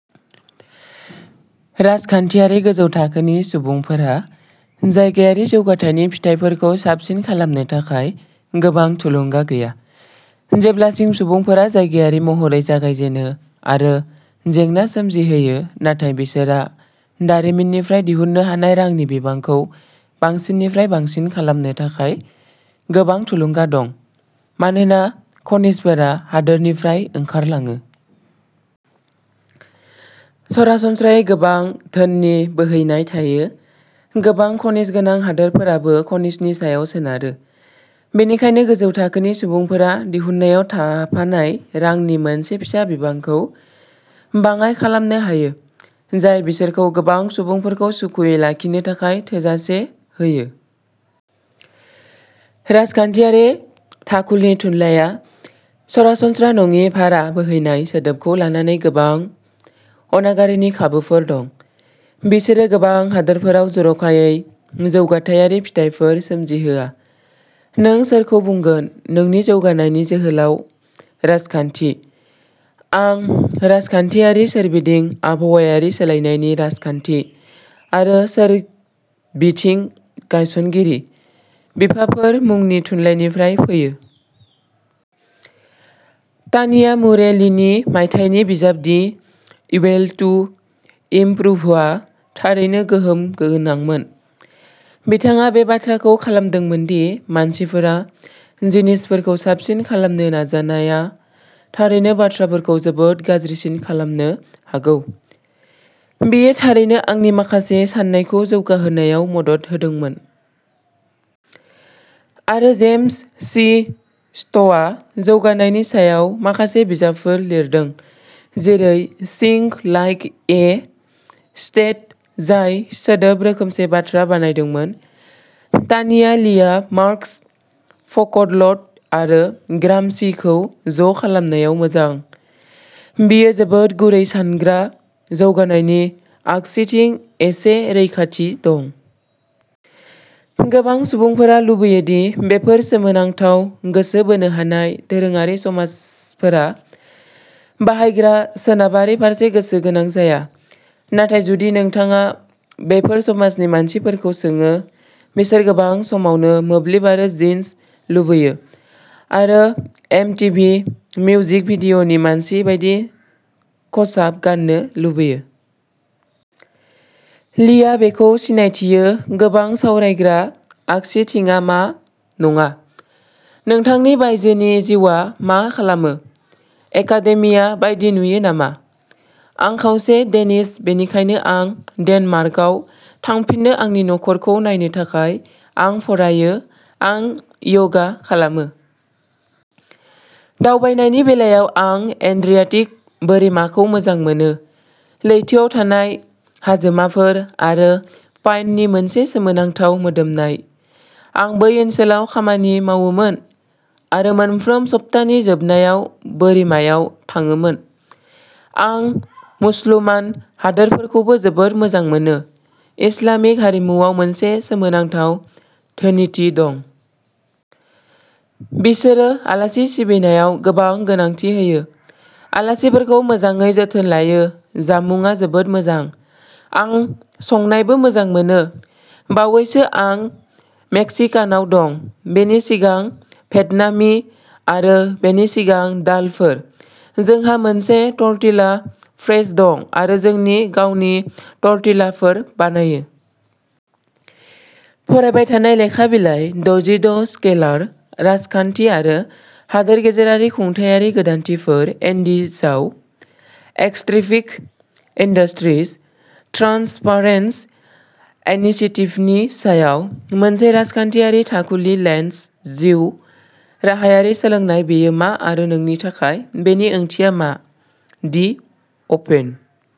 राजखान्थियारि गोजौ थाखोनि सुबुंफोरहा जायगायारि जौगाथायनि फिथायफोरखौ साबसिन खालामनो थाखाय गोबां थुलुंगा गैया, जेब्लासिम सुबुंफोरा जायगायारि महरै जागायजेनो आरो जेंना सोमजिहोयो नाथाय बिसोरहा दारिमिननिफ्राय दिहुननो हानाय रांनि बिबांखौ बांसिननिफ्राय बांसिन खालामनो थाखाय गोबां थुलुंगा दं मानोना खनिजफोरा हादोरनिफ्राय ओंखारलाङो। सरासनस्रायै गोबां धोननि बोहैनाय थायो। गोबां खनिज गोनां हादोरफोराबो खनिजनि सायाव सोनारो। बेनिखायनो गोजौ थाखोनि सुबुंफोरा दिहुननायाव थाफानाय रांनि मोनसे फिसा बिबांखौ बाङाय खालामनो हायो, जाय बिसोरखौ गोबां सुबुंफोरखौ सुखुयै लाखिनो थाखाय थोजासे होयो। राजखान्थियारि थाखुलि थुनलाइआ 'सरासनस्रा नङि भारा बोहैनाय' सोदोबखौ लानानै गोबां अनागारिनि खाबुफोर दं। बिसोरो गोबां हादोरफोराव जर'खायै जौगाथायारि फिथायफोर सोमजिहोआ। नों सोरखौ बुंगोन नोंनि जौगानायनि जोहोलाव राजखान्थि? आं राजखान्थियारि सोरबिथिं, आबहावायारि सोलायनायनि राजखान्थि आरो सोरबिथिंनि गायसनगिरि बिफाफोर मुंनि थुनलाइनिफ्राय फैयो। तानिया मुरे लिनि मायथाइनि बिजाब, दि उइल टु इमप्रुभआ थारैनो गोहोम गोनांमोन। बिथाङा बे बाथ्राखौ खालामदोंमोन दि मानसिफ्रा जिनिसफोरखौ साबसिन खालामनो नाजानाया थारैनो बाथ्राफोरखौ जोबोद गाज्रिसिन खालामनो हागौ। बेयो थारैनो आंनि माखासे साननायखौ जौगाहोनायाव मदद होदोंमोन। आरो जेम्स सि स्क'टआ जौगानायनि सायाव माखासे बिजाबफोर लिरदों, जेरै सीइंग लाइक ए स्टेट, जाय जोबोद रोखोमसे बाथ्रा बानायदोंमोन। तानिया लिआ मार्क्स, फ'क'ल्ट आरो ग्रामसिखौ ज' खालामनायाव मोजां। बियो जोबोद गुरै सानग्रा। जौगानायनि आगसिथिं एसे रैखाथि दं। गोबां सुबुंफोरा लुबैयो दि बेफोर सोमोनांथाव, गोसो बोनो हानाय, दोरोङारि समाजफोरा बाहायग्रा सोनाबारि फारसे गोसो गोनां जाया, नाथाय जुदि नोंथाङा बेफोर समाजनि मानसिफोरखौ सोङो, बिसोर गोबां समावनो मोब्लिब आरो जिन्स लुबैयो आरो एमटिभि मिउजिक भिडिअ'नि मानसि बायदि खसाब गान्नो लुबैयो। लिआ बेखौ सिनायथियो। गोबां सावरायग्रा आगसिथिंआ मा नङा। नोंथांनि बायजोनि जिउआ मा खालामो? एकाडेमिया बायदि नुयो नामा? आं खावसे डेनिश, बेनिखायनो आं डेनमार्काव थांफिनो आंनि नखरखौ नायनो थाखाय। आं फरायो, आं यगा खालामो। दावबायनायनि बेलायाव, आं एड्रियाटिक बोरिमाखौ मोजां मोनो, लैथोआव थांनाय हाजोमाफोर आरो पाइननि मोनसे सोमोनांथाव मोदोमनाय। आं बै ओनसोलाव खामानि मावोमोन आरो मोनफ्रोम सप्तानि जोबनायाव बोरिमायाव थाङोमोन। आं मुसलमान हादोरफोरखौबो जोबोद मोजां मोनो, इस्लामिक हारिमुआव मोनसे सोमोनांथाव धोनिथि दं। बिसोरो आलासि सिबिनायाव गोबां गोनांथि होयो, आलासिफोरखौ मोजाङै जोथोन लायो, जामुंआ जोबोद मोजां। आं संनायबो मोजां मोनो। बावैसो, आं मेक्सिकानआव दं। बेनि सिगां, भियतनामी आरो बेनि सिगां, दालफोर। जोंहा मोनसे टर्टिला प्रेस दं आरो जोंनि गावनि टर्टिलाफोर बानायो। फरायबाय थानाय लेखा बिलाइ द'जिद', स्केलार राजखान्थि आरो हादोर गेजेरारि खुंथायारि गोदानथिफोर, एन्डिजआव एक्सट्रैक्टिभ इन्डास्ट्रिज ट्रान्सपारेन्सि इनिसिएटिभनि सायाव मोनसे राजखान्थियारि थाखुलि लेन्स। जिउ राहायारि सोलोंनाय बेयो मा आरो नोंनि थाखाय बेनि ओंथिया मा? दि अपेन ।